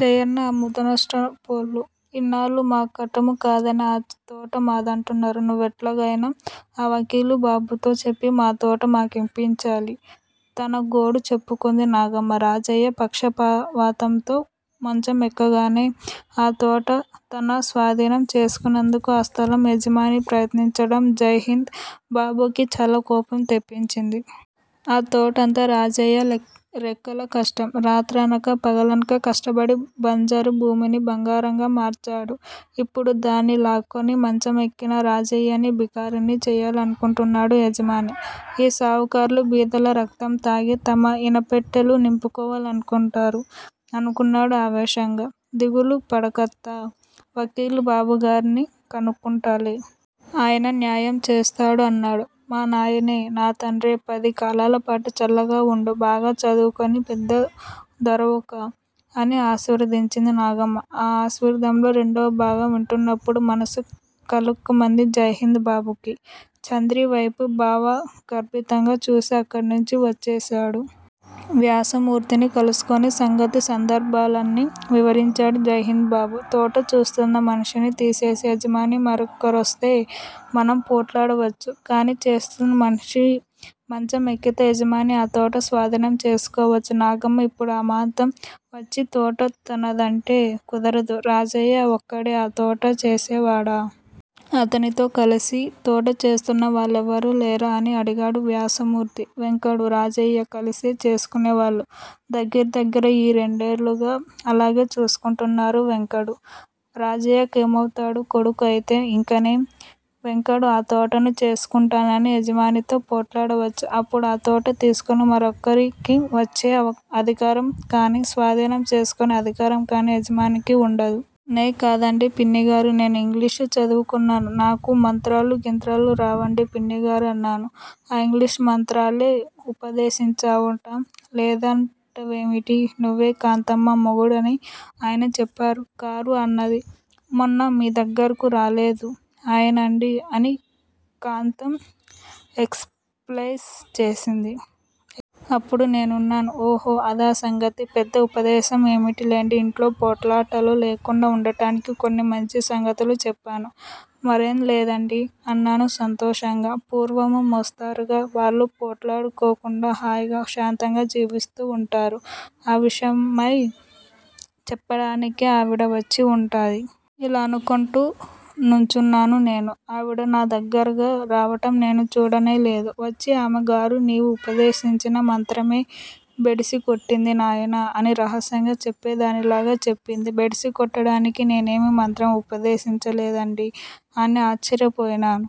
జయన్నా! ఆ ముదనష్టపోళ్ళు ఇన్నాళ్ళు మా కట్టము కాదని ఆ తోట మాదంటన్నారు. నువ్వెట్లగయినా ఆ వకీలు బాబుతో చెప్పి మాతోట మాకిప్పించాలి! తన గోడు చెప్పుకుంది నాగమ్మ రాజయ్య పక్షవాతంతో మంచమెక్కగానే ఆ తోట తనస్వాధీనం చేసుకుం నేదుకు ఆ స్ధలం యజమాని ప్రయత్నించటం జైహింద్ బాబుకీ చాలా కోపం తెప్పించింది. ఆ తోటంతా రాజయ్య రెక్కల కష్టం. రాత్రనక, పగలనక కష్టపడి బంజరు భూమిని బంగారంగా మార్చాడు. ఇప్పుడు దాన్ని లాక్కుని మంచమెక్కిన రాజయ్యని బికారిని చెయ్యాలనుకుంటున్నాడు యజమాని. ఈ షావుకార్లు బీదల రక్తం తాగి తమ ఇనప్పెట్టెలు నింపుకోవాలనుకుంటారు అనుకున్నాడు ఆవేశంగా. దిగులు పడకత్తా! వకీలు బాబుగార్ని కనుక్కుంటాలే! ఆయన న్యాయం చేస్తాడు అన్నాడు. మా నాయనే! నా తండ్రే! పది కాలాలపాటు చల్లగా వుండు. బాగా చదువుకొని పెద్ద దొరవుకా? అని ఆశీర్వదించింది నాగమ్మ. ఆ ఆశీర్వాదంలో రెండవభాగం వింటున్నప్పుడు మనస్సు కలుక్కుమంది జైహింద్ బాబుకి. చంద్రి వైపు భావగర్భితంగా చూసి అక్కడి నుంచి వచ్చేశాడు. వ్యాసమూర్తిని కలుసుకొని సంగతి సందర్భాలన్నీ వివరించాడు జైహింద్ బాబు! తోట చూస్తున్న మనిషిని తీసేసి యజమాని మరొకరికిస్తే మనం పోట్లాడవచ్చు. కానీ చేస్తున్న మనిషి మంచమెక్కితే యజమాని ఆ తోట స్వాధీనం చేసుకోవచ్చు. నాగమ్మ ఇప్పుడు అమాంతం వచ్చి తోట తనదంటే కుదరదు. రాజయ్య ఒక్కడే ఆ తోట చేసే వాడా? అతనితో కలసి తోట చేస్తున్న వాళ్లెవరూ లేరా? అని అడిగాడు వ్యాసమూర్తి. వెంకడూ, రాజయ్య కలిసే చేసుకొనేవాళ్ళు. దగ్గిర దగ్గిర ఈ రెండేళ్ళుగా అలాగే చూసుకొంటున్నారు వెంకడు, రాజయ్యకేమవుతాడు? కొడుకు! అయితే ఇకనేం? వెంకడు ఆ తోటను చేసుకొంటానని యజమానితో పోట్లాడవచ్చు. అప్పుడు ఆ తోట తీసుకొని మరొకరికి వచ్చే అధికారం కాని, స్వాధీనం చేసుకొనే అధికారం కాని యజమానికి వుండదు. నే కాదండీ పిన్నిగారూ, నేను ఇంగ్లీషు చదువు కొన్నాను, నాకు మంత్రాలూ గింత్రాలూ రావండి పిన్నిగారూ అన్నాను. ఆ ఇంగ్లీషు మంత్రాలే ఉపదేశించావుట, లేదంటావేమిటి నువ్వే! కాంతమ్మ మొగుడని ఆయన చెప్పారు కారూ? అన్నది. మొన్న మీ దగ్గరకు రాలేదూ, ఆయనండీ అని కాంతం ఎక్సుప్లెయిన్ చేసింది. అప్పుడు నేనన్నాను: ఓహో, అదా సంగతి? పెద్ద ఉపదేశం ఏమిటిలెండి, ఇంట్లో పోట్లాటలు లేకుండా ఉండటానికి కొన్ని మంచి సంగతులు చెప్పాను. మరేంలేదండీ అన్నాను సంతోషంగా, పూర్వము. మోస్తరుగా వాళ్ళు పోట్లాడుకోకుండా హాయిగా శాంతంగా జీవిస్తూ ఉంటారు. ఆ విషయమై చెప్పడానికే ఆవిడ వచ్చి వుటది. ఇల్లా అనుకొంటూ నుంచున్నాను నేను. ఆవిడ నా దగ్గరగా రావటం నేను చూడనే లేదు. వచ్చి ఆమె గారు నీవు ఉపదేశించిన మంత్రమే బెడిసి కొట్టింది నాయనా అని రహస్యంగా చెప్పే దానిలాగా చెప్పింది. బెడిసి కొట్టటానికి నేనేమీ మంత్రం ఉపదేశించలేదండీ అని ఆశ్చర్యపోయినాను.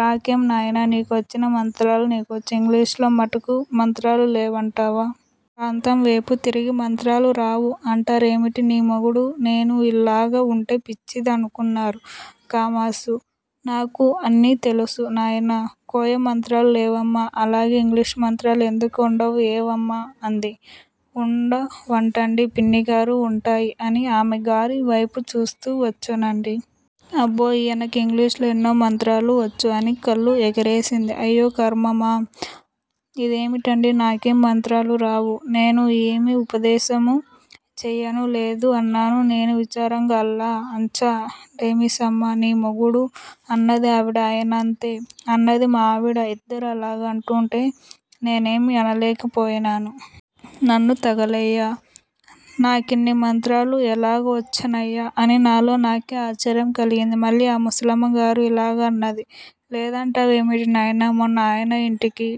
రాకేం నాయనా, నీకొచ్చిన మంత్రాలు నీకొచ్చు, ఇంగిలీషులో మటుకు మంత్రాలు లేవంటావా? కాంతం వేపు తిరిగి మంత్రాలు రావూ అంటారేమిటి నీ మొగుడు, నేను ఇల్లాగ ఉంటే పిచ్చిది అనుకున్నారు కామాసు, నాకు అన్ని తెలుసు నాయనా, కోయ మంత్రాలు లేవమ్మా, అల్లాగే ఇంగ్లీషు మంత్రాలు ఎందుకు ఉండవూ? ఏవమ్మా? అంది. వుండవటండీ! పిన్నిగారూ, ఉంటాయి. అని ఆమె గారి వైపు చూస్తూ వచ్చునండీ. అబ్బో, ఈయనకు ఇంగ్లీషులో ఎన్నో మంత్రాలు వచ్చు అని కళ్ళు ఎగరేసింది. అయ్యో ఖర్మమా. ఇదేమిటండీ, నాకేం మంత్రాలూ రావు! నేను ఏమీ ఉపదేశమూ చెయ్యనూ లేదు అన్నాను నేను విచారంగా. అల్లా అంచా డేమిషమ్మా నీ మొగుడూ? అన్నది ఆవిడ, ఆయనంతే అన్నది మా ఆవిడ, ఇద్దరూ ఇల్లాగ అంటూంటే నేనేమీ అనలేకపోయినాను. నన్ను తగలెయ్య నాకిన్ని మంత్రాలు ఎల్లాగువచ్చినయ్యా అని నాలో నాకే ఆశ్చర్యం కలిగింది. మళ్ళీ ఆ ముసలమ్మ గారు ఇల్లాగ అన్నది లేదంటావేమిటి నాయనా. మొన్న ఆయన ఇంటికి